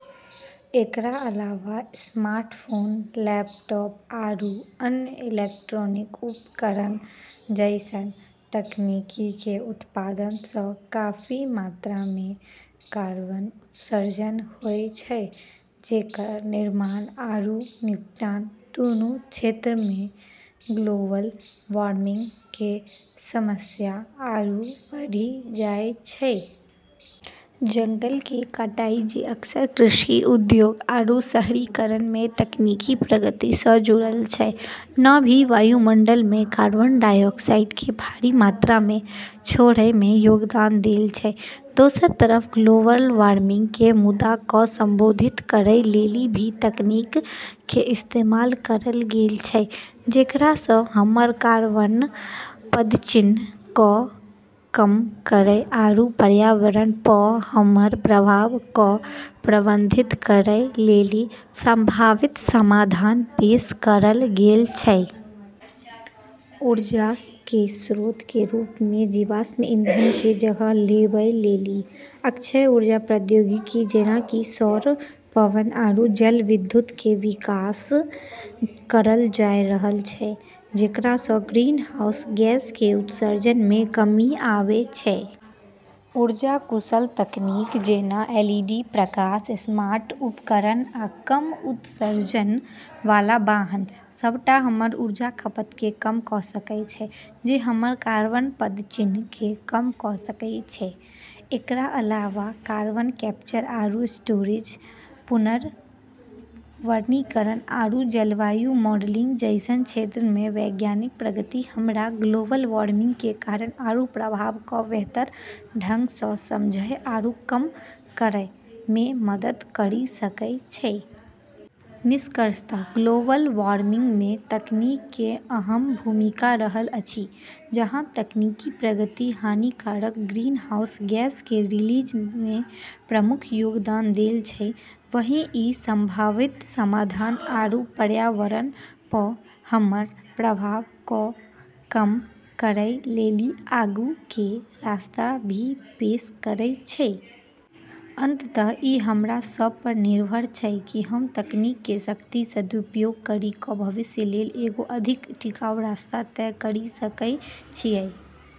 एकरा अलावा smartphone, laptop, आरू अन्य इलेक्ट्रॉनिक उपकरण जैसन तकनीक के उत्पादन स काफी मात्रा मे कार्बन उत्सर्जन होय छै, जेकर निर्माण आरू निपटान दूनू क्षेत्र मे ग्लोबल वार्मिंग के समस्या आरू बढ़ी जाय छै। जंगल के कटाई, जे अक्सर कृषि, उद्योग आरू शहरीकरण मे तकनीकी प्रगति स जुड़ल छै, न भी वायुमंडल मे कार्बन डाइऑक्साइड के भारी मात्रा मे छोड़ै मे योगदान देल छै। दोसर तरफ, ग्लोबल वार्मिंग के मुद्दा क संबोधित करै लेली भी तकनीक के इस्तेमाल करल गेल छै, जेकरा स हमर कार्बन पदचिह्न क कम करै आरू पर्यावरण प हमर प्रभाव क प्रबंधित करै लेली संभावित समाधान पेश करल गेल छै। ऊर्जा के स्रोत के रूप मे जीवाश्म ईंधन के जगह लेबै लेली अक्षय ऊर्जा प्रौद्योगिकी, जेना कि सौर, पवन आरू जलविद्युत के विकास करल जाय रहल छै, जेकरा स ग्रीनहाउस गैस के उत्सर्जन मे कमी आबै छै। ऊर्जा-कुशल तकनीक, जेना एलईडी प्रकाश, स्मार्ट उपकरण आ कम उत्सर्जन वाला वाहन, सबटा हमर ऊर्जा खपत के कम क सकै छै, जे हमर कार्बन पदचिह्न के कम क सकै छै। एकरा अलावा कार्बन कैप्चर आरू स्टोरेज, पुनर्वनीकरण, आरू जलवायु मॉडलिंग जैसन क्षेत्र मे वैज्ञानिक प्रगति हमरा ग्लोबल वार्मिंग के कारण आरू प्रभाव क बेहतर ढंग स समझै आरू कम करै मे मदद करी सकै छै। निष्कर्षतः ग्लोबल वार्मिंग में तकनीक के अहम भूमिका रहल अछि। जहाँ तकनीकी प्रगति हानिकारक ग्रीनहाउस गैस के रिलीज मे प्रमुख योगदान देल छै, वहीं ई संभावित समाधान आरू पर्यावरण प हमर प्रभाव क कम करै लेली आगू के रास्ता भी पेश करै छै। अंततः ई हमरा सब पर निर्भर छै कि हम तकनीक के शक्ति के सदुपयोग करी क भविष्य लेली एगो अधिक टिकाऊ रास्ता तय करी सकै छियै।